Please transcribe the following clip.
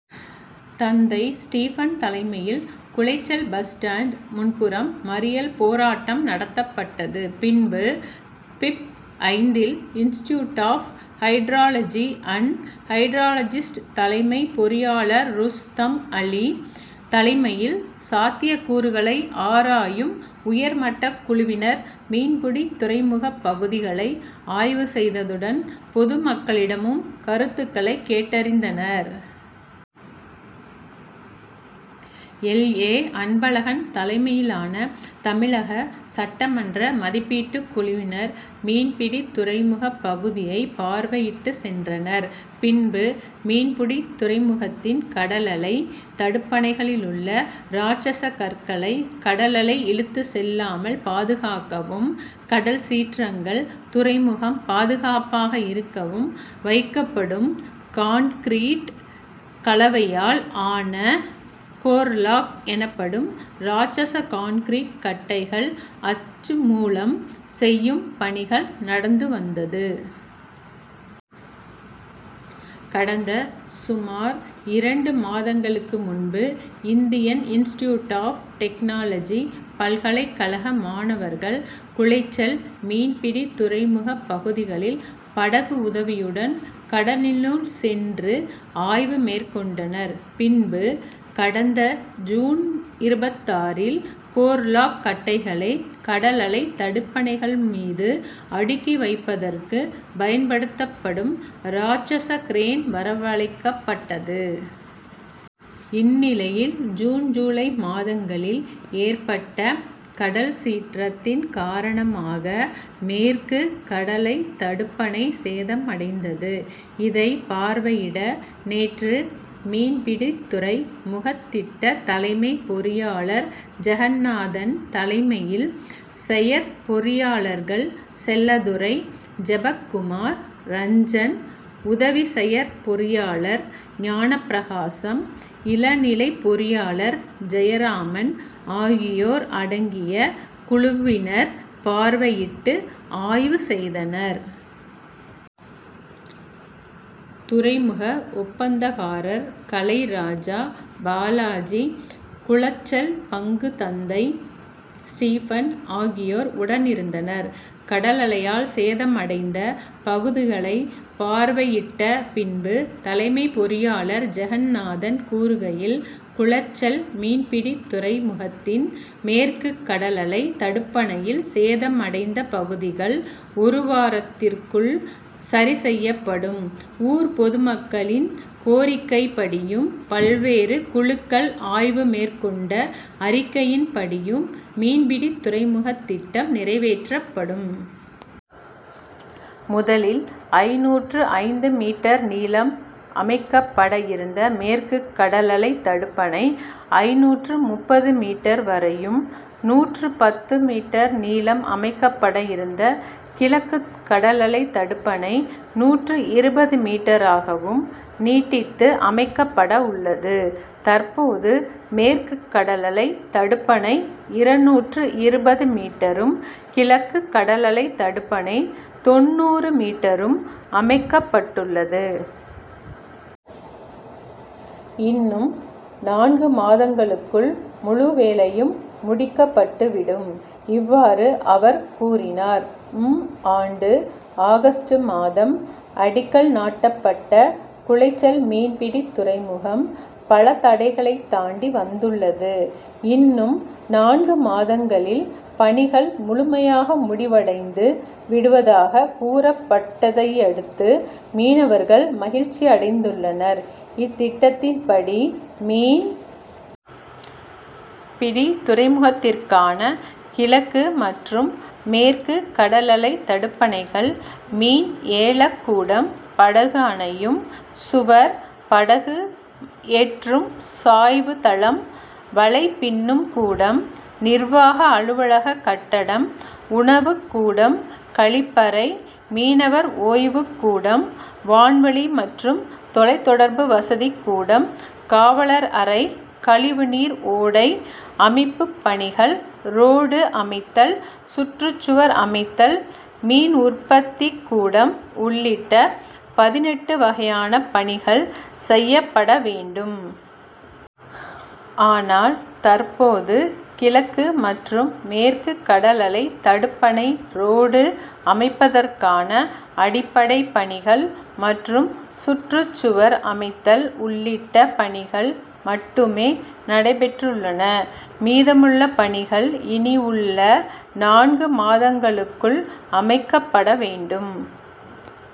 தந்தை ஸ்டீபன் தலைமையில் Colachel bus stand முன்புறம் மறியல் போராட்டம் நடத்தப்பட்டது. பின்பு பிப், ஐந்தில் institute of hydrology and hydrologist தலைமை பொறியாளர் ருஸ்தம் அலி தலைமையில் சாத்திய கூறுகளை ஆராயும் உயர் மட்டக் குழுவினர் மீன்பிடித்துறைமுக பகுதிகளை ஆய்வு செய்ததுடன் பொது மக்களிடமும் கருத்துக்களை கேட்டறிந்தனர். எல். ஏ., அன்பழகன் தலைமையிலான தமிழக சட்டமன்ற மதிப்பீட்டுக்குழுவினர் மீன்பிடித்துறைமுக பகுதியை பார்வையிட்டு சென்றனர். பின்பு மீன்பிடித்துறைமுகத்தின் கடலலை தடுப்பணைகளிலுள்ள ராட்சஷ கற்களை கடலலை இழுத்துச் செல்லாமல் பாதுகாக்கவும், கடல் சீற்றங்கள் துறைமுகம் பாதுகாப்பாக இருக்கவும் வைக்கப்படும் கான்கிரீட் கலவையால் ஆனகோர்லாக் எனப்படும் ராட்சஷ காங்கிரீட் கட்டைகள் அச்சு மூலம் செய்யும் பணிகள் நடந்து வந்தது. கடந்த சுமார் இரண்டு மாதங்களுக்கு முன்பு இந்தியன் இன்ஸ்டியூட் ஆப் டெக்னாலஜி பல்கலைக்கழக மாணவர்கள் குளச்சல் மீன்பிடித்துறைமுக பகுதிகளில் படகு உதவியுடன் கடலினுள் சென்று ஆய்வு மேற்கொண்டனர். பின்பு கடந்த ஜூன் இருபத்தாறில் கோர்லாக் கட்டைகளை கடலலை தடுப்பணைகள் மீது அடுக்கிவைப்பதற்கு பயன்படுத்தப்படும் ராட்சஷ கிரேன் வரவளைக்கப்பட்டது. இந்நிலையில் ஜூன், ஜூலை மாதங்களில் ஏற்பட்ட கடல் சீற்றத்தின் காரணமாக மேற்கு கடலை தடுப்பனை சேதமடைந்தது. இதை பார்வையிட நேற்று மீன் பிடித்துறை முகதிட்ட தலைமை பொறியாளர் ஜெகநாதன் தலைமையில் செயற்பொறியாளர்கள் செல்லத்துரை, ஜெபக்குமார் ரஞ்சன், உதவி செயற்பொறியாளர் ஞானபிரகாசம் இளநிலை பொறியாளர் ஜெயராமன் ஆகியோர் அடங்கிய குழுவினர் பார்வையிட்டு ஆய்வு செய்தனர். துறைமுக ஒப்பந்தகாரர் கலைராஜா, பாலாஜி, குளச்சல் பங்குதந்தை ஸ்டீபன் ஆகியோர் உடனிருந்தனர். கடலலையால் சேதமடைந்த பகுதிகளை பார்வையிட்ட பின்பு தலைமை பொறியாளர் ஜெகநாதன் கூறுகையில் குளச்சல் மீன்பிடித்துறை முகத்தின் மேற்கு கடலலை தடுப்பணையில் சேதமடைந்த பகுதிகள் ஒரு வாரத்திற்குள் சரி செய்யப்படும். ஊர் பொதுமக்களின் கோரிக்கை படியும் பல்வேறு குழுக்கள் ஆய்வு மேற்கொண்ட அறிக்கையின் படியும் மீன்பிடித்துறைமுகத் திட்டம் நிறைவேற்றப்படும். முதலில் ஐந்நூற்று ஐந்து மீட்டர் நீளம் அமைக்கப்பட இருந்த மேற்கு கடலலை தடுப்பணை ஐந்நூற்று முப்பது மீட்டர் வரையும், நூற்று பத்து மீட்டர் நீளம் அமைக்கப்பட இருந்த கிழக்கு கடலலை தடுப்பணை நூற்று இருபது மீட்டராகவும் நீட்டித்து அமைக்கப்பட உள்ளது. தற்போது மேற்கு கடலலை தடுப்பணை இருநூற்று இருபது மீட்டரும், கிழக்கு கடலலை தடுப்பணை தொண்ணூறு மீட்டரும் அமைக்கப்பட்டுள்ளது. இன்னும் நான்கு மாதங்களுக்குள் முழு வேலையும் முடிக்கப்பட்டுவிடும். இவ்வாறு அவர் கூறினார். -ம் ஆண்டு ஆகஸ்ட் மாதம் அடிக்கல் நாட்டப்பட்ட குளச்சல் மீன்பிடித்துறைமுகம் பலதடைகளை தாண்டி வந்துள்ளது. இன்னும் நான்கு மாதங்களில் பணிகள் முழுமையாக முடிவடைந்து விடுவதாக கூறப்பட்டதையடுத்து மீனவர்கள் மகிழ்ச்சியடைந்துள்ளனர். இத்திட்டத்தின் படி மீன் பிடிதுறைமுகத்திற்கான கிழக்கு, மற்றும் மேற்கு கடலலை தடுப்பணைகள், மீன் ஏலக்கூடம், படகு அணையும் சுவர், படகு ஏற்றும் சாய்வு தளம், வலை பின்னும் கூடம், நிர்வாக அலுவலக கட்டடம், உணவுக் கூடம், கழிப்பறை, மீனவர் ஓய்வுக்கூடம், வான்வழி மற்றும் தொலைத் தொடர்பு வசதி கூடம், காவலர் அறை, கழிவுநீர் ஓடை அமைப்புப் பணிகள், ரோடு அமைத்தல், சுற்றுக்சுவர் அமைத்தல், மீன் உற்பத்திக் கூடம் உள்ளிட்ட பதினெட்டு வகையான பணிகள் செய்யப்பட வேண்டும். ஆனால் தற்போது கிழக்கு மற்றும் மேற்கு கடலலை தடுப்பணை, ரோடு அமைப்பதற்கான அடிப்படை பணிகள் மற்றும் சுற்றுச்சுவர் அமைத்தல் உள்ளிட்ட பணிகள் மட்டுமே நடைபெற்றுள்ளன. மீதமுள்ள பணிகள் இனி உள்ள நான்கு மாதங்களுக்குள் அமைக்கப்பட வேண்டும்.